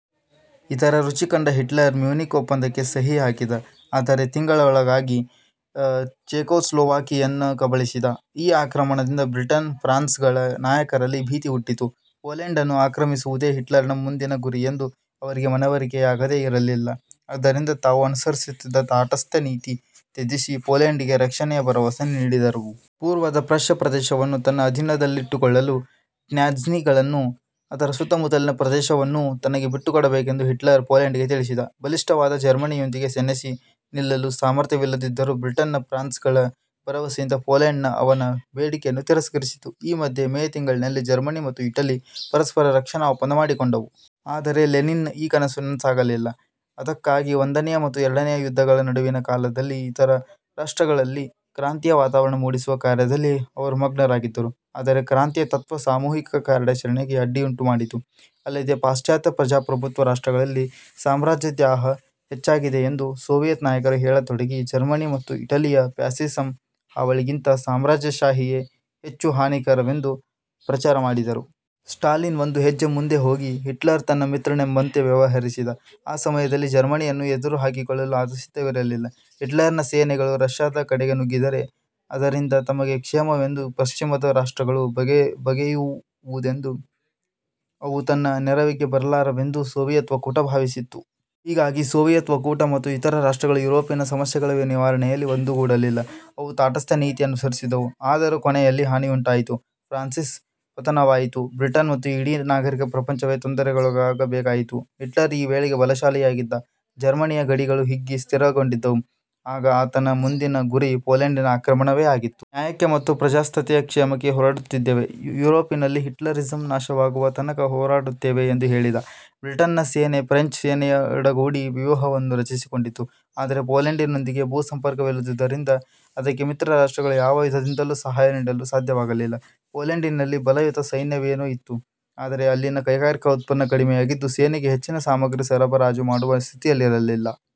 ಇದರ ರುಚಿ ಕಂಡ ಹಿಟ್ಲರ್ ಮ್ಯೂನಿಕ್ ಒಪ್ಪಂದಕ್ಕೆ ಸಹಿಹಾಕಿದ ಆರೇ ತಿಂಗಳೊಳಗಾಗಿ ಚೆಕೊಸ್ಲೊವಾಕಿಯವನ್ನು ಕಬಳಿಸಿದ. ಈ ಆಕ್ರಮಣದಿಂದ ಬ್ರಿಟನ್, ಫ್ರಾನ್ಸ್ಗಳ ನಾಯಕರಲ್ಲಿ ಭೀತಿ ಹುಟ್ಟಿತು. ಪೋಲೆಂಡನ್ನು ಆಕ್ರಮಿಸುವುದೇ ಹಿಟ್ಲರನ ಮುಂದಿನ ಗುರಿಯೆಂದು ಅವರಿಗೆ ಮನವರಿಕೆಯಾಗದೆ ಇರಲಿಲ್ಲ. ಆದ್ದರಿಂದ ತಾವು ಅನುಸರಿಸುತ್ತಿದ್ದ ತಾಟಸ್ಥ್ಯನೀತಿ ತ್ಯಜಿಸಿ, ಪೋಲೆಂಡಿಗೆ ರಕ್ಷಣೆಯ ಭರವಸೆ ನೀಡಿದರು. ಪೂರ್ವದ ಪ್ರಷ್ಯ ಪ್ರದೇಶವನ್ನು ತನ್ನ ಅಧೀನದಲ್ಲಿಟ್ಟುಕೊಳ್ಳಲು ಡ್ಯಾನ್ಜಿಗಳನ್ನೂ ಅದರ ಸುತ್ತಮುತ್ತಲಿನ ಪ್ರದೇಶವನ್ನೂ ತನಗೆ ಬಿಟ್ಟುಕೊಡಬೇಕೆಂದು ಹಿಟ್ಲರ್ ಪೋಲೆಂಡಿಗೆ ತಿಳಿಸಿದ. ಬಲಿಷ್ಠವಾದ ಜರ್ಮನಿಯೊಂದಿಗೆ ಸೆಣೆಸಿ ನಿಲ್ಲಲು ಸಾಮರ್ಥ್ಯವಿಲ್ಲದಿದ್ದರೂ ಬ್ರಿಟನ್ ಫ್ರಾನ್ಸ್ಗಳ ಭರವಸೆಯಿಂದ ಪೋಲೆಂಡ್ ಅವನ ಬೇಡಿಕೆಯನ್ನು ತಿರಸ್ಕರಿಸಿತು. ಈ ಮಧ್ಯೆ ಮೇ ತಿಂಗಳಿನಲ್ಲಿ ಜರ್ಮನಿ ಮತ್ತು ಇಟಲಿ ಪರಸ್ಪರ ರಕ್ಷಣಾ ಒಪ್ಪಂದ ಮಾಡಿಕೊಂಡವು. ಆದರೆ ಲೆನಿನ್ನ ಈ ಕನಸು ನನಸಾಗಲಿಲ್ಲ. ಅದಕ್ಕಾಗಿ ಒಂದನೆಯ ಮತ್ತು ಎರಡನೆಯ ಯುದ್ಧಗಳ ನಡುವಿನ ಕಾಲದಲ್ಲಿ ಇತರ ರಾಷ್ಟ್ರಗಳಲ್ಲಿ ಕ್ರಾಂತಿಯ ವಾತಾವರಣ ಮೂಡಿಸುವ ಕಾರ್ಯದಲ್ಲಿ ಅವರು ಮಗ್ನರಾಗಿದ್ದರು. ಆದರೆ ಕ್ರಾಂತಿಯ ತತ್ತ್ವ ಸಾಮೂಹಿಕ ಕಾರ್ಯಾಚರಣೆಗೆ ಅಡ್ಡಿಯುಂಟುಮಾಡಿತು. ಅಲ್ಲದೆ ಪಾಶ್ಚಾತ್ಯ ಪ್ರಜಾಪ್ರಭುತ್ವದ ರಾಷ್ಟ್ರಗಳಲ್ಲಿ ಸಾಮ್ರಾಜ್ಯದಾಹ ಹೆಚ್ಚಾಗಿದೆಯೆಂದು ಸೋವಿಯತ್ ನಾಯಕರು ಹೇಳತೊಡಗಿ, ಜರ್ಮನಿಯ ಮತ್ತು ಇಟಲಿಯ ಫ್ಯಾಸಿಸಂ ಹಾವಳಿಗಿಂತ ಸಾಮ್ರಾಜ್ಯಷಾಹಿಯೇ ಹೆಚ್ಚು ಹಾನಿಕರವೆಂದು ಪ್ರಚಾರ ಮಾಡಿದರು. ಸ್ಟಾಲಿನ್ ಒಂದು ಹೆಜ್ಜೆ ಮುಂದೆ ಹೋಗಿ, ಹಿಟ್ಲರ್ ತನ್ನ ಮಿತ್ರನೆಂಬಂತೆ ವ್ಯವಹರಿಸಿದ. ಆ ಸಮಯದಲ್ಲಿ ಜರ್ಮನಿಯನ್ನು ಎದುರು ಹಾಕಿಕೊಳ್ಳಲು ಆತ ಸಿದ್ಧವಿರಲಿಲ್ಲ. ಹಿಟ್ಲರನ ಸೇನೆಗಳು ರಷ್ಯ ದ ಕಡೆಗೆ ನುಗ್ಗಿದರೆ ಅದರಿಂದ ತಮಗೆ ಕ್ಷೇಮವೆಂದು ಪಶ್ಚಿಮದ ರಾಷ್ಟ್ರಗಳು ಬಗೆಯುವುವೆಂದೂ ಅವು ತನ್ನ ನೆರವಿಗೆ ಬರಲಾರವೆಂದೂ ಸೋವಿಯತ್ ಒಕ್ಕೂಟ ಭಾವಿಸಿತ್ತು. ಹೀಗಾಗಿ ಸೋವಿಯತ್ ಒಕ್ಕೂಟ ಮತ್ತು ಇತರ ರಾಷ್ಟ್ರಗಳು ಯುರೋಪಿನ ಸಮಸ್ಯೆಗಳ ನಿವಾರಣೆಯಲ್ಲಿ ಒಂದುಗೂಡಲಿಲ್ಲ. ಅವು ತಾಟಸ್ಥ್ಯನೀತಿ ಅನುಸರಿಸಿದವು. ಆದರೂ ಕೊನೆಯಲ್ಲಿ ಹಾನಿಯುಂಟಾಯಿತು. ಫ್ರಾನ್ಸಿನ ಪತನವಾಯಿತು. ಬ್ರಿಟನ್ ಮತ್ತು ಇಡೀ ನಾಗರಿಕ ಪ್ರಪಂಚವೇ ತೊಂದರೆಗೊಳಗಾಗಬೇಕಾಯಿತು. ಹಿಟ್ಲರ್ ಈ ವೇಳೆಗೆ ಬಲಶಾಲಿಯಾಗಿದ್ದ. ಜರ್ಮನಿಯ ಗಡಿಗಳು ಹಿಗ್ಗಿ ಸ್ಥಿರಗೊಂಡಿದ್ದುವು. ಆಗ ಆತನ ಮುಂದಿನ ಗುರಿ ಪೋಲೆಂಡಿನ ಆಕ್ರಮಣವೇ ಆಗಿತ್ತು. ನ್ಯಾಯಕ್ಕೆ ಮತ್ತು ಪ್ರಜಾಸತ್ತೆಯ ಕ್ಷೇಮಕ್ಕೆ ಹೋರಾಡುತ್ತಿದ್ದೇವೆ. ಯುರೋಪಿನಲ್ಲಿ ಹಿಟ್ಲರಿಸಂ ನಾಶವಾಗುವ ತನಕ ಹೋರಾಡುತ್ತೇವೆ ಎಂದು ಹೇಳಿದ. ಬ್ರಿಟನ್ನ ಸೇನೆ ಫ್ರೆಂಚ್ ಸೇನೆಯೊಡಗೂಡಿ ವ್ಯೂಹವೊಂದನ್ನು ರಚಿಸಿಕೊಂಡಿತು. ಆದರೆ ಪೋಲೆಂಡಿನೊಂದಿಗೆ ಭೂಸಂಪರ್ಕವಿಲ್ಲದಿದ್ದುದರಿಂದ ಅದಕ್ಕೆ ಮಿತ್ರರಾಷ್ಟ್ರಗಳು ಯಾವ ವಿಧದಿಂದಲೂ ಸಹಾಯ ನೀಡಲು ಸಾಧ್ಯವಾಗಲಿಲ್ಲ. ಪೋಲೆಂಡಿನಲ್ಲಿ ಬಲಯುತ ಸೈನ್ಯವೇನೋ ಇತ್ತು. ಆದರೆ ಅಲ್ಲಿನ ಕೈಗಾರಿಕಾ ಉತ್ಪನ್ನ ಕಡಿಮೆಯಾಗಿದ್ದು ಸೇನೆಗೆ ಹೆಚ್ಚಿನ ಸಾಮಗ್ರಿಗಳನ್ನು ಸರಬರಾಜು ಮಾಡುವ ಸ್ಥಿತಿಯಲ್ಲಿರಲಿಲ್ಲ.